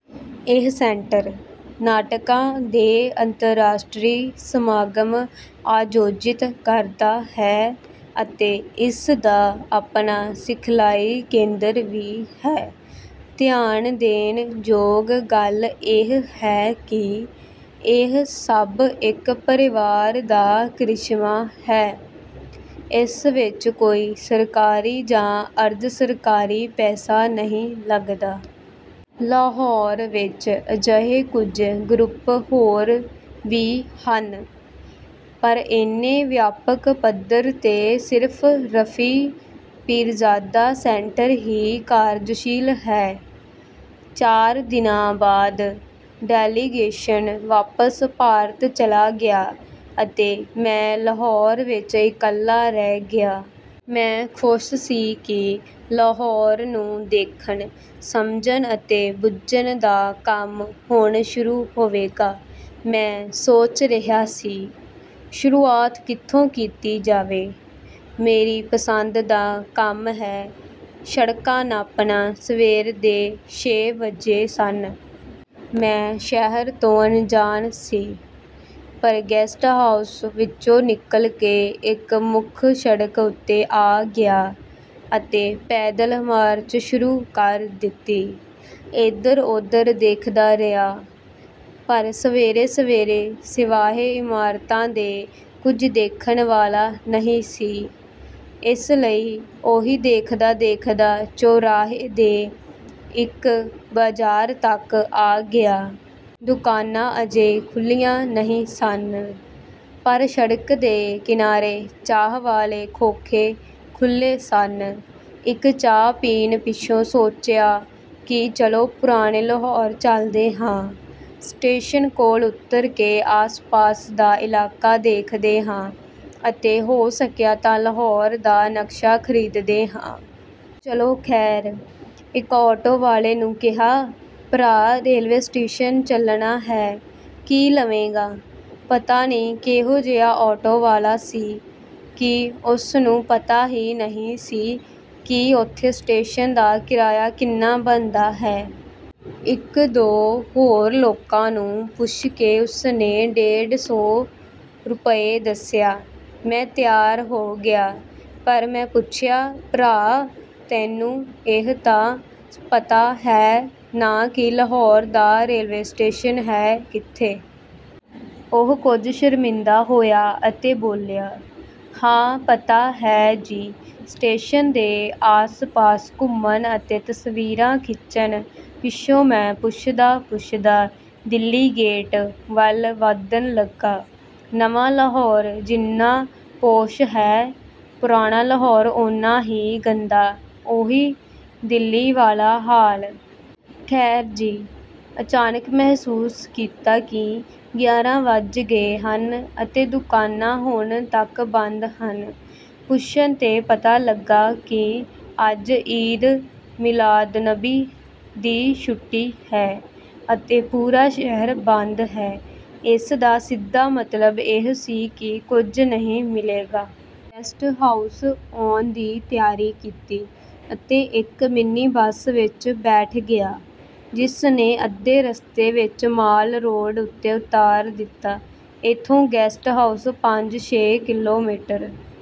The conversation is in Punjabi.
ਇਹ ਸੈਂਟਰ, ਨਾਟਕਾਂ ਦੇ ਅੰਤਰਰਾਸ਼ਟਰੀ ਸਮਾਗਮ ਆਯੋਜਿਤ ਕਰਦਾ ਹੈ ਅਤੇ ਇਸ ਦਾ ਆਪਣਾ ਸਿਖਲਾਈ ਕੇਂਦਰ ਵੀ ਹੈ। ਧਿਆਨ ਦੇਣ ਯੋਗ ਗੱਲ ਇਹ ਹੈ ਕਿ ਇਹ ਸਭ ਇੱਕ ਪਰਿਵਾਰ ਦਾ ਕਰਿਸ਼ਮਾ ਹੈ। ਇਸ ਵਿੱਚ ਕੋਈ ਸਰਕਾਰੀ ਜਾਂ ਅਰਧ-ਸਰਕਾਰੀ ਪੈਸਾ ਨਹੀਂ ਲੱਗਦਾ। ਲਾਹੌਰ ਵਿੱਚ ਅਜਿਹੇ ਕੁਝ ਗਰੁੱਪ ਹੋਰ ਵੀ ਹਨ, ਪਰ ਇੰਨੇ ਵਿਆਪਕ ਪੱਧਰ 'ਤੇ ਸਿਰਫ਼ 'ਰਫ਼ੀ ਪੀਰਜ਼ਾਦਾ ਸੈਂਟਰ' ਹੀ ਕਾਰਜਸ਼ੀਲ ਹੈ। ਚਾਰ ਦਿਨਾਂ ਬਾਅਦ ਡੈਲੀਗੇਸ਼ਨ ਵਾਪਸ ਭਾਰਤ ਚਲਾ ਗਿਆ ਅਤੇ ਮੈਂ ਲਾਹੌਰ ਵਿੱਚ ਇਕੱਲਾ ਰਹਿ ਗਿਆ। ਮੈਂ ਖ਼ੁਸ਼ ਸੀ ਕਿ ਲਾਹੌਰ ਨੂੰ ਦੇਖਣ, ਸਮਝਣ ਅਤੇ ਬੁੱਝਣ ਦਾ ਕੰਮ ਹੁਣ ਸ਼ੁਰੂ ਹੋਵੇਗਾ। ਮੈਂ ਸੋਚ ਰਿਹਾ ਸੀ, "ਸ਼ੁਰੂਆਤ ਕਿੱਥੋਂ ਕੀਤੀ ਜਾਵੇ?" ਮੇਰੀ ਪਸੰਦ ਦਾ ਕੰਮ ਹੈ ਸ਼ੜਕਾਂ ਨਾਪਣਾ। ਸਵੇਰ ਦੇ ਛੇ ਵੱਜੇ ਸਨ। ਮੈਂ ਸ਼ਹਿਰ ਤੋਂ ਅਣਜਾਣ ਸੀ, ਪਰ ਗੈਸਟ ਹਾਊਸ ਵਿੱਚੋਂ ਨਿਕਲ ਕੇ ਇੱਕ ਮੁੱਖ ਸ਼ੜਕ ਉੱਤੇ ਆ ਗਿਆ ਅਤੇ ਪੈਦਲ ਮਾਰਚ ਸ਼ੁਰੂ ਕਰ ਦਿੱਤੀ। ਇੱਧਰ-ਉੱਧਰ ਦੇਖਦਾ ਰਿਹਾ, ਪਰ ਸਵੇਰੇ-ਸਵੇਰੇ ਸਿਵਾਏ ਇਮਾਰਤਾਂ ਦੇ ਕੁਝ ਦੇਖਣ ਵਾਲਾ ਨਹੀਂ ਸੀ, ਇਸ ਲਈ ਉਹੀ ਦੇਖਦਾ-ਦੇਖਦਾ ਚੌਰਾਹੇ ਦੇ ਇੱਕ ਬਾਜ਼ਾਰ ਤੱਕ ਆ ਗਿਆ। ਦੁਕਾਨਾਂ ਅਜੇ ਖੁੱਲ੍ਹੀਆਂ ਨਹੀਂ ਸਨ, ਪਰ ਸੜਕ ਦੇ ਕਿਨਾਰੇ ਚਾਹ ਵਾਲੇ ਖੋਖੇ ਖੁੱਲ੍ਹੇ ਸਨ। ਇੱਕ ਚਾਹ ਪੀਣ ਪਿੱਛੋਂ ਸੋਚਿਆ ਕਿ ਚਲੋ ਪੁਰਾਣੇ ਲਾਹੌਰ ਚੱਲਦੇ ਹਾਂ, ਸਟੇਸ਼ਨ ਕੋਲ ਉੱਤਰ ਕੇ ਆਸ-ਪਾਸ ਦਾ ਇਲਾਕਾ ਦੇਖਦੇ ਹਾਂ ਅਤੇ ਹੋ ਸਕਿਆ ਤਾਂ ਲਾਹੌਰ ਦਾ ਨਕਸ਼ਾ ਖ਼ਰੀਦਦੇ ਹਾਂ। ਚਲੋ ਖ਼ੈਰ, ਇੱਕ ਆਟੋ ਵਾਲੇ ਨੂੰ ਕਿਹਾ, "ਭਰਾ, ਰੇਲਵੇ ਸਟੇਸ਼ਨ ਚੱਲਣਾ ਹੈ, ਕੀ ਲਵੇਂਗਾ?" ਪਤਾ ਨਹੀਂ ਕਿਹੋ-ਜਿਹਾ ਆਟੋ ਵਾਲਾ ਸੀ ਕਿ ਉਸ ਨੂੰ ਪਤਾ ਹੀ ਨਹੀਂ ਸੀ ਕਿ ਉੱਥੋਂ ਸਟੇਸ਼ਨ ਦਾ ਕਿਰਾਇਆ ਕਿੰਨਾ ਬਨਦਾ ਹੈ! ਇੱਕ-ਦੋ ਹੋਰ ਲੋਕਾਂ ਨੂੰ ਪੁੱਛ ਕੇ ਉਸ ਨੇ ਡੇਢ ਸੌ ਰੁਪਏ ਦੱਸਿਆ। ਮੈਂ ਤਿਆਰ ਹੋ ਗਿਆ, ਪਰ ਮੈਂ ਪੁੱਛਿਆ, "ਭਰਾ, ਤੈਨੂੰ ਇਹ ਤਾਂ ਪਤਾ ਹੈ ਨਾ ਕਿ ਲਾਹੌਰ ਦਾ ਰੇਲਵੇ ਸਟੇਸ਼ਨ ਹੈ ਕਿੱਥੇ?" ਉਹ ਕੁਝ ਸ਼ਰਮਿੰਦਾ ਹੋਇਆ ਅਤੇ ਬੋਲਿਆ, "ਹਾਂ, ਪਤਾ ਹੈ ਜੀ।" ਸਟੇਸ਼ਨ ਦੇ ਆਸ-ਪਾਸ ਘੁੰਮਣ ਅਤੇ ਤਸਵੀਰਾਂ ਖਿੱਚਣ ਪਿੱਛੋਂ ਮੈਂ ਪੁੱਛਦਾ-ਪੁੱਛਦਾ ਦਿੱਲੀ ਗੇਟ ਵੱਲ ਵਧਣ ਲੱਗਾ। ਨਵਾਂ ਲਾਹੌਰ ਜਿੰਨਾ ਪੌਸ਼ ਹੈ, ਪੁਰਾਣਾ ਲਾਹੌਰ ਉੱਨਾ ਹੀ ਗੰਦਾ ਹੈ—ਉਹੀ ਦਿੱਲੀ ਵਾਲਾ ਹਾਲ! ਖ਼ੈਰ ਜੀ, ਅਚਾਨਕ ਮਹਿਸੂਸ ਕੀਤਾ ਕਿ ਗਿਆਰਾਂ ਵੱਜ ਗਏ ਹਨ ਅਤੇ ਦੁਕਾਨਾਂ ਹੁਣ ਤੱਕ ਬੰਦ ਹਨ। ਪੁੱਛਣ 'ਤੇ ਪਤਾ ਲੱਗਾ ਕਿ ਅੱਜ 'ਈਦ ਮਿਲਾਦੁਨਬੀ' ਦੀ ਛੁੱਟੀ ਹੈ ਅਤੇ ਪੂਰਾ ਸ਼ਹਿਰ ਬੰਦ ਹੈ। ਇਸ ਦਾ ਸਿੱਧਾ ਮਤਲਬ ਇਹ ਸੀ ਕਿ ਕੁਝ ਨਹੀਂ ਮਿਲੇਗਾ। ਮੈਂ ਗੈਸਟ ਹਾਊਸ ਆਉਣ ਦੀ ਤਿਆਰੀ ਕੀਤੀ ਅਤੇ ਇੱਕ ਮਿਨੀ ਬੱਸ ਵਿੱਚ ਬੈਠ ਗਿਆ, ਜਿਸ ਨੇ ਅੱਧੇ ਰਸਤੇ ਵਿੱਚ ਮਾਲ ਰੋਡ ਉੱਤੇ ਉਤਾਰ ਦਿੱਤਾ। ਇੱਥੋਂ ਗੈਸਟ ਹਾਊਸ ਪੰਜ-ਛੇ ਕਿਲੋਮੀਟਰ